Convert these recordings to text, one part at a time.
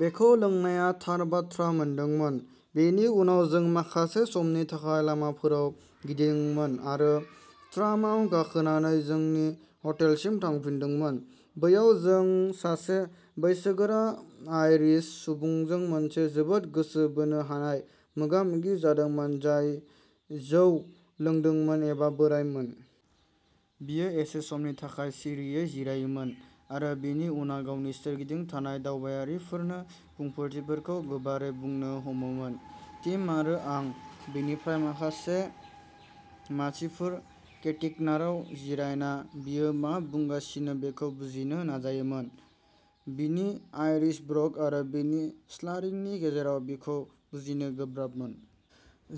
बेखौ लोंनाया थार बाथ्रा मोनदोंमोन। बेनि उनाव, जों माखासे समनि थाखाय लामाफोराव गिदोंमोन आरो ट्रामआव गाखोनानै जोंनि हटेलसिम थांफिनदोंमोन। बैयाव, जों सासे बैसोगोरा आइरिश सुबुंजों मोनसे जोबोद गोसो बोनो हानाय मोगा-मोगि जादोंमोन, जाय जौ लोंदोंमोन एबा बोराइमोन। बियो एसे समनि थाखाय सिरियै जिरायोमोन, आरो बिनि उनाव गावनि सोरगिदिं थानाय दावबायारिफोरनो बुंफोरथिफोरखौ गोबारै बुंनो हमोमोन। टिम आरो आं बिनिफ्राय माखासे मासिफोर केटिक'नाराव जिरायना, बियो मा बुंगासिनो बेखौ बुजिनो नाजायोमोन। बिनि आइरिश ब्रग आरो बिनि स्लारिंनि गेजेराव, बेखौ बुजिनो गोब्राबमोन।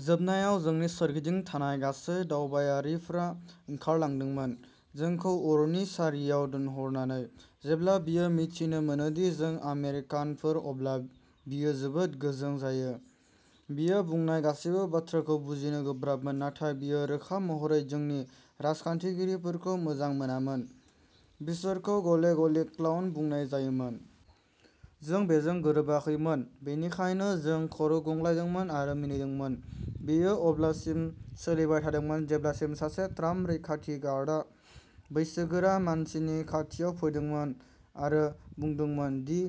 जोबनायाव, जोंनि सोरगिदिं थानाय गासैबो दावबायारिफ्रा ओंखारलांदोंमोन, जोंखौ अरनि सारियाव दोनहरनानै। जेब्ला बियो मिथिनो मोनो दि जों आमेरिकानफोर, अब्ला बियो जोबोद गोजों जायो। बियो बुंनाय गासैबो बाथ्राखौ बुजिनो गोब्राबमोन, नाथाय बियो रोखा महरै जोंनि राजखान्थिगिरिफोरखौ मोजां मोनामोन, बिसोरखौ गले-गले "क्लाउन" बुंनाय जायोमोन। जों बेजों गोरोबाखैमोन, बेनिखायनो जों खर'गंग्लायदोंमोन आरो मिनिदोंमोन। बेयो अब्लासिम सोलिबाय थादोंमोन जेब्लासिम सासे ट्राम रैखाथि गारदा बैसोगोरा मानसिनि खाथियाव फैदोंमोन आरो बुंदोंमोन दि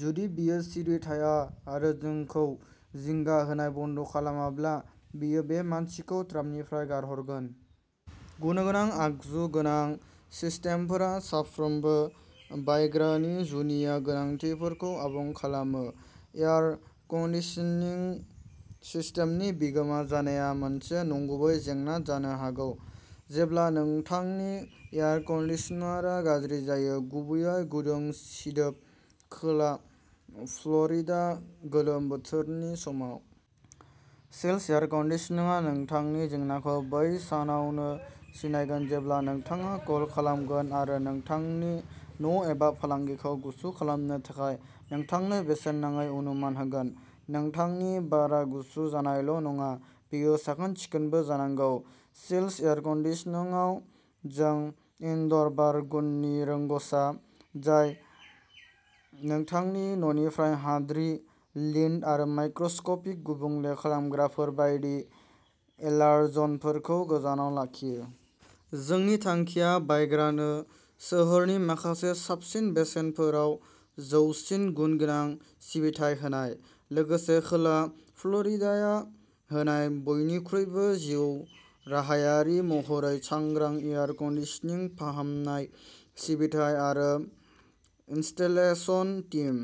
जुदि बियो सिरि थाङा आरो जोंखौ जिंगा होनाय बन्द'खालामाब्ला, बियो बे मानसिखौ ट्रामनिफ्राय गारहरगोन। गुनगोनां आगजु गोनां सिस्टेमफोरा साफ्रोमबो बायग्रानि जुनिया गोनांथिफोरखौ आबुं खालामो। एयार कन्दिसनिं सिस्टेमनि बिगोमा जानाया मोनसे नंगुबै जेंना जानो हागौ जेब्ला नोंथांनि एयार कन्दिसनारआ गाज्रि जायो, गुबैयै गुदुं सिदोब खोला फ्ल'रिडा गोलोम बोथोरनि समाव! चिल्स एयार कन्दिसनिंआ नोंथांनि जेंनाखौ बै सानावनो सिनायगोन जेब्ला नोंथाङा कल खालामगोन आरो नोंथांनि न'एबा फालांगिखौ गुसु खालामनो थाखाय नोंथांनो बेसेन नाङै अनुमान होगोन। नोंथांनि बारआ गुसु जानायल'नङा, बेयो साखोन-सिखोनबो जानांगौ। चिल्स एयार कन्दिसनिंआव, जों इनड'र बार गुननि रोंग'सा, जाय नोंथांनि न'निफ्राय हाद्रि, लिन्ट आरो माइक्र'स्क'पिक गुबुंले खालामग्राफोर बायदि एलार्जेनफोरखौ गोजानाव लाखियो। जोंनि थांखिया बायग्रानो सोहोरनि माखासे साबसिन बेसेनफोराव जौसिन गुन गोनां सिबिथाइ होनाय, लोगोसे खोला फ्ल'रिडाया होनाय बयनिख्रुइबो जिउराहायारि महरै सांग्रां एयार कन्दिसनिं फाहामनाय, सिबिथाइ आरो इनस्टलेशन टीम।